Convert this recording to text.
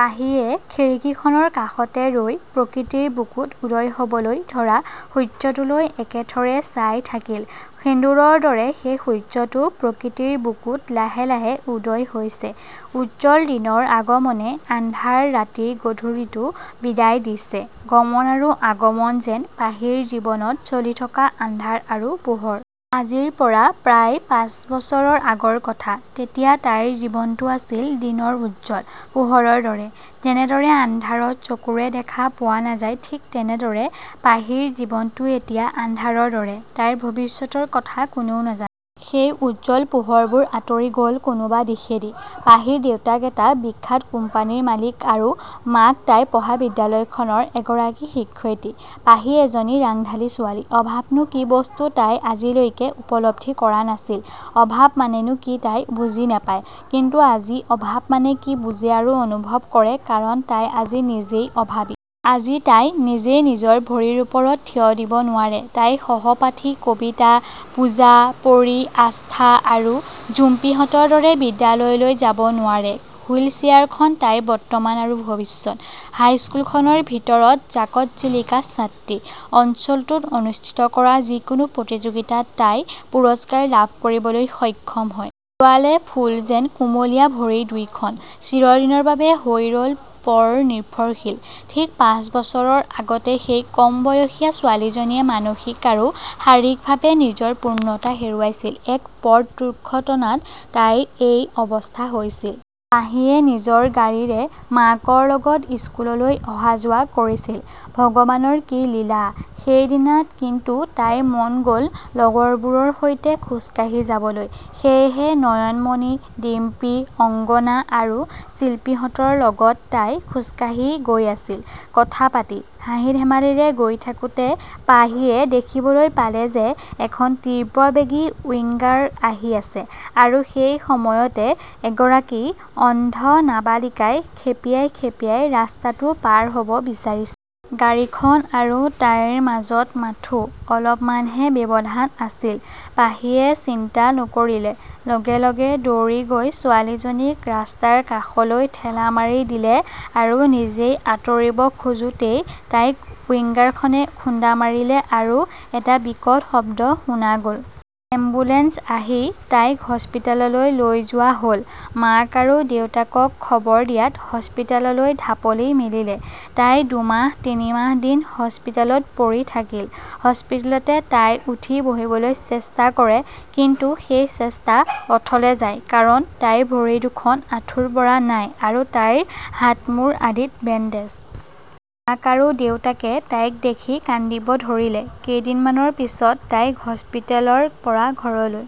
পাহিয়ে খিৰিকীখনৰ কাষতে ৰৈ প্ৰকৃতিৰ বুকুত উদয় হ'বলৈ ধৰা সূৰ্যটোলৈ একেথৰে চাই থাকিল। সেন্দুৰৰ দৰে সেই সূৰ্যটো প্ৰকৃতিৰ বুকুত লাহে লাহে উদয় হৈছে। উজ্জ্বল দিনৰ আগমনে আন্ধাৰ ৰাতিৰ গধূলিটো বিদায় দিছে। গমন আৰু আগমন যেন পাহিৰ জীৱনত চলি থকা আন্ধাৰ আৰু পােহৰ। আজিৰ পৰা প্ৰায় পাঁচ বছৰৰ আগৰ কথা। তেতিয়া তাইৰ জীৱনটো আছিল দিনৰ উজ্জ্বল। পােহৰৰ দৰে। যেনেদৰে আন্ধাৰত চকুৰে দেখা পােৱা নাযায় ঠিক তেনেদৰে পাহিৰ জীৱনটো এতিয়া আন্ধাৰৰ দৰে। তাইৰ ভৱিষ্যতৰ কথা কোনেও নাজানে। সেই উজ্জ্বল পোহৰবােৰ আঁতৰি গ'ল কোনােবা দিশেদি। পাহিৰ দেউতাক এটা বিখ্যাত কোম্পানীৰ মালিক আৰু মাক তাই পঢ়া বিদ্যালয়খনৰ এগৰাকী শিক্ষয়িত্ৰী। পাহি এজনী ৰাংঢালী ছােৱালী। অভাৱনাে কি বস্তু তাই আজিলৈকে উপলব্ধি কৰা নাছিল। অভাৱ মানেননা কি তাই বুজি নাপায়, কিন্তু আজি অভাৱ মানে কি বুজে আৰু অনুভৱ কৰে কাৰণ তাই আজি নিজইে অভাৱী। আজি তাই নিজে নিজৰ ভৰিৰ ওপৰত থিয় দিব নােৱাৰে। তাই সহপাঠী কবিতা, পূজা, পৰী, আস্থা আৰু জুম্পীহঁতৰ দৰে বিদ্যালয়লৈ যাব নােৱাৰে। হুইল চেয়াৰখন তাইৰ বৰ্তমান আৰু ভৱিষ্যত। হাইস্কুলখনৰ ভিতৰত জাকত-জিলিকা ছাত্ৰী। অঞ্চলটোত অনুষ্ঠিত কৰা যিকোনাে প্ৰতিযােগিতাত তাই পুৰস্কাৰ লাভ কৰিবলৈ সক্ষম হয়। হেৰুৱালে ফুল যেন কুমলীয়া ভৰি দুইখন। চিৰদিনৰ বাবে হৈ ৰ'ল পৰ নিৰ্ভৰশীল। ঠিক পাঁচ বছৰৰ আগতে সেই কম বয়সীয়া ছােৱালীজনীয়ে মানসিক আৰু শাৰীৰিকভাৱে নিজৰ পূৰ্ণতা হেৰুৱাইছিল। এক পথ দুৰ্ঘটনাত তাইৰ এই অৱস্থা হৈছিল। পাহিয়ে নিজৰ গাড়ীৰে মাকৰ লগত স্কুললৈ অহা-যােৱা কৰিছিল। ভগৱানৰ কি লীলা। সেইদিনা কিন্তু তাইৰ মন গ'ল লগৰবােৰৰ সৈতে খােজ কাঢ়ি যাবলৈ। সেয়েহে নয়নমণি, ডিম্পী, অংগনা আৰু চিল্পীহঁতৰ লগত তাই খােজকাঢ়ি গৈ আছিল। কথা পাতি, হাঁহি-ধেমালিৰে গৈ থাকোতে পাহিয়ে দেখিবলৈ পালে যে এখন তীব্ৰবেগী উইংগাৰ আহি আছে আৰু সেই সময়তে এগৰাকী অন্ধ নাবালিকাই খেপিয়াই খেপিয়াই ৰাস্তাটো পাৰ হ'ব বিচাৰিছে। গাড়ীখন আৰু তাইৰ মাজত মাথাে, অলপমানহে ব্যৱধান আছিল। পাহিয়ে চিন্তা নকৰিলে, লগে লগে দৌৰি গৈ ছােৱালীজনীক ৰাস্তাৰ কাষলৈ ঠেলা মাৰি দিলে আৰু নিজে আঁতৰিব খােজোতেই তাইক উইংগাৰখনে খুন্দা মাৰিলে আৰু এটা বিকট শব্দ শুনা গ'ল। এম্বুলেঞ্চ আহি তাইক হস্পিতাললৈ লৈ যােৱা হ'ল। মাক আৰু দেউতাকক খবৰ দিয়াত হস্পিতাললৈ ঢাপলি মেলিলে। তাই দুমাহ-তিনিমাহ দিন হস্পিতালত পৰি থাকিল। হস্পিতালতে তাই উঠি বহিবলৈ চেষ্টা কৰে কিন্তু সেই চেষ্টা অথলে যায় কাৰণ তাইৰ ভৰি দুখন আঁঠুৰ পৰা নাই আৰু তাইৰ হাত-মূৰ আদিত বেণ্ডেজ। মাক আৰু দেউতাকে তাইক দেখি কান্দিব ধৰিলে। কেইদিনমানৰ পিছত তাইক হস্পিতালৰ পৰা ঘৰলৈ